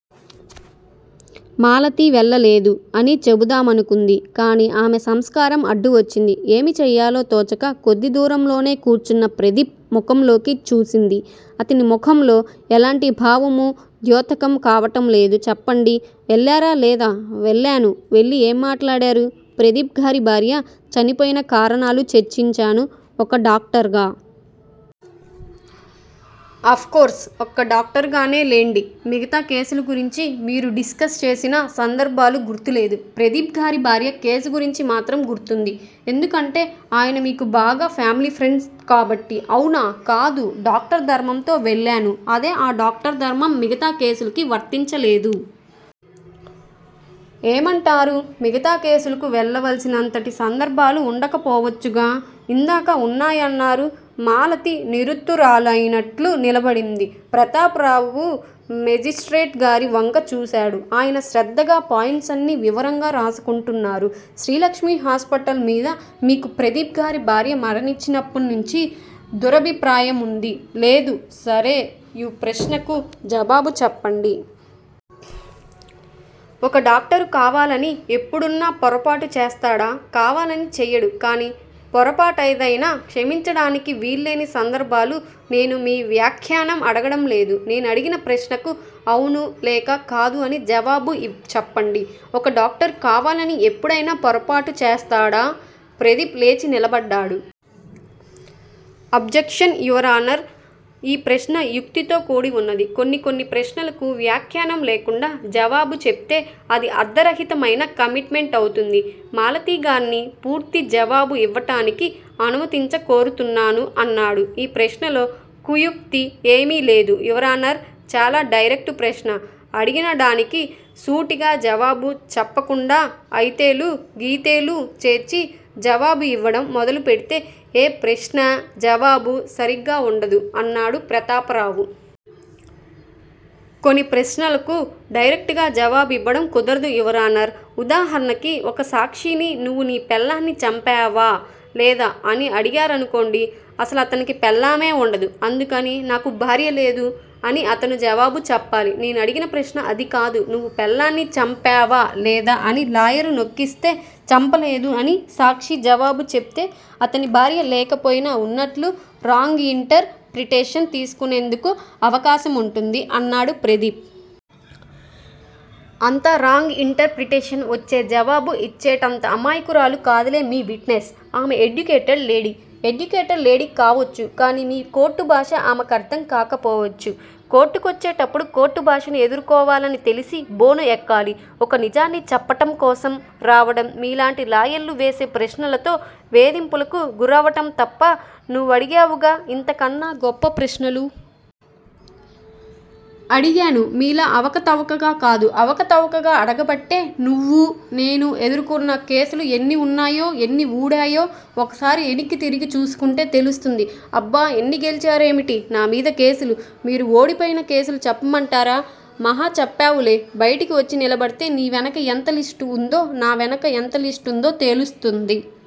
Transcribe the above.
మాలతి 'వెళ్ళలేదు' అని చెబుదామనుకుంది. కాని ఆమె సంస్కారం అడ్డువచ్చింది. ఏమి చెయ్యాలో తోచక కొద్దిదూరంలోనే కూర్చున్న ప్రదీప్ ముఖంలోకి చూసింది. అతని ముఖంలో ఎలాంటి భావమూ ద్యోతకం కావటంలేదు. చెప్పండి. వెళ్ళారా లేదా? వెళ్ళాను. వెళ్ళి ఏం మాట్లాడారు? ప్రదీప్ గారి భార్య చనిపోయిన కారణాలు చర్చించాను ఒక డాక్టరుగా. అఫ్ కోర్స్ ఒక డాక్టరుగానే లెండి. మిగతా కేసులుగురించి మీరు డిస్కస్ చేసిన సందర్భాలు గుర్తులేదు. ప్రదీప్ గారి భార్య కేసుగురించి మాత్రం గుర్తుంది. ఎందుకంటే ఆయన మీకు బాగా ఫామిలీఫ్రెండ్ కాబట్టి అవునా? కాదు డాక్టర్ ధర్మంతో వెళ్ళాను. అదే ఆ డాక్టరు ధర్మం మిగతా కేసులకి వర్తించలేదు. ఏమంటారు? మిగతా కేసులకు వెళ్ళవలసినంతటి సందర్భాలు వుండకపోవచ్చుగా! ఇందాక వున్నాయన్నారు? మాలతి నిరుత్తరురాలైనట్లు నిలబడింది. ప్రతాపరావు మేజిస్ట్రేట్ గారి వంక చూశాడు. ఆయన శ్రద్దగా పాయింట్సన్నీ వివరంగా రాసుకుంటున్నారు. శ్రీలక్ష్మి హాస్పిటల్ మీద మీకు ప్రదీప్ గారి భార్య మరణించినప్పట్నుంచి దురభిప్రాయముంది? లేదు. సరే యీ ప్రశ్నకు జవాబుచెప్పండి. ఒక డాక్టరు కావాలని ఎప్పుడన్నా పొరపాటు చేస్తాడా? కావాలని చెయ్యడు కాని పొరపాటేదైనా క్షమించటానికి వీల్లేని సందర్భాలు నేను మీ వ్యాఖ్యానం అడగటంలేదు. నేనడిగిన ప్రశ్నకు 'అవును' లేక 'కాదు' అని జవాబు ఇచెప్పండి. ఒక డాక్టరు కావాలని ఎప్పుడైనా పొరపాటు చేస్తాడా? ప్రదీప్ లేచి నిలబడ్డాడు. Objection your honour! ఈ ప్రశ్న యుక్తితో కూడివున్నది. కొన్ని కొన్ని ప్రశ్నలకు వ్యాఖ్యానం లేకుండా జవాబు చెబితే అది అర్ధరహితమైన కమిట్ మెంట్ అవుతుంది. మాలతిగార్ని పూర్తి జవాబు యివ్వటానికి అనుమతించ కోరుతున్నాను అన్నాడు. ఈ ప్రశ్నలో కుయుక్తి ఏమీ లేదు యువరానర్! చాలా డైరెక్టు ప్రశ్న అడిగినడానికి సూటిగా జవాబు చెప్పకుండా అయితేలూ, గియితేలూ చేర్చి జవాబివ్వటం మొదలుపెడితే ఏ ప్రశ్నా-జవాబు సరిగ్గా వుండదు అన్నాడు ప్రతాపరావు. కొని ప్రశ్నలకు డైరెక్టుగా జవాబివ్వటం కుదరదు యువరానర్! ఉదాహరణకి ఒక సాక్షిని 'నువ్వు నీ పెళ్ళాన్ని చంపావా లేదా? ' అని అడిగారనుకోండి. అసలతనికి పెళ్ళామే వుండదు. అందుకని 'నాకు భార్యలేదు' అని అతను జవాబుచెప్పాలి. 'నేనడిగిన ప్రశ్న అదికాదు నువ్వు పెళ్ళాన్ని చంపావా లేదా' అని లాయరు నొక్కిస్తే 'చంపలేదు' అని సాక్షి జవాబు చెబితే అతని భార్య లేకపోయినా వున్నట్లు రాంగ్ యింటర్ ప్రిటేషన్ తీసుకునేందుకు అవకాశముంటుంది అన్నాడు ప్రదీప్. అంత రాంగ్ యింటర్ ప్రిటేషన్ వచ్చే జవాబు యిచ్చేటంత అమాయకురాలు కాదులే మీ విట్ నెస్. ఆమె ఎడ్యుకేటెడ్ లేడీ. ఎడ్యుకేటెడ్ లేడీ కావచ్చు. కాని మీ కోర్టు భాష ఆమెకర్ధం కాకపోవచ్చు. కోర్టుకొచ్చేటప్పుడు కోర్టుభాషని ఎదుర్కోవాలని తెలిసి బోను ఎక్కాలి. ఒక నిజాన్ని చెప్పటంకోసం రావటం మీలాంటి లాయర్లు వేసే ప్రశ్నలతో వేధింపులుకు గురవటంతప్ప నువ్వడిగావుగా యింతకన్నా గొప్ప ప్రశ్నలు. అడిగాను మీలా అవకతవకగా కాదు. అవకతవకగా అడగబట్టే నువ్వూ, నేనూ, ఎదుర్కొన్న కేసులు ఎన్ని వున్నాయో ఎన్ని ఊడాయో ఒకసారి వెనక్కి తిరిగి చూసుకుంటే తెలుస్తుంది. అబ్బా! ఎన్ని గెల్చారేమిటి నా మీద కేసులు? మీరు ఓడిపోయిన కేసులు చెప్పమంటారా? మహా చెప్పావులే. బయటికొచ్చి నిలబడితే నీ వెనక ఎంత లిస్ట్ వుందో నా వెనక ఎంత లిస్ట్ వుందో తేలుస్తుంది.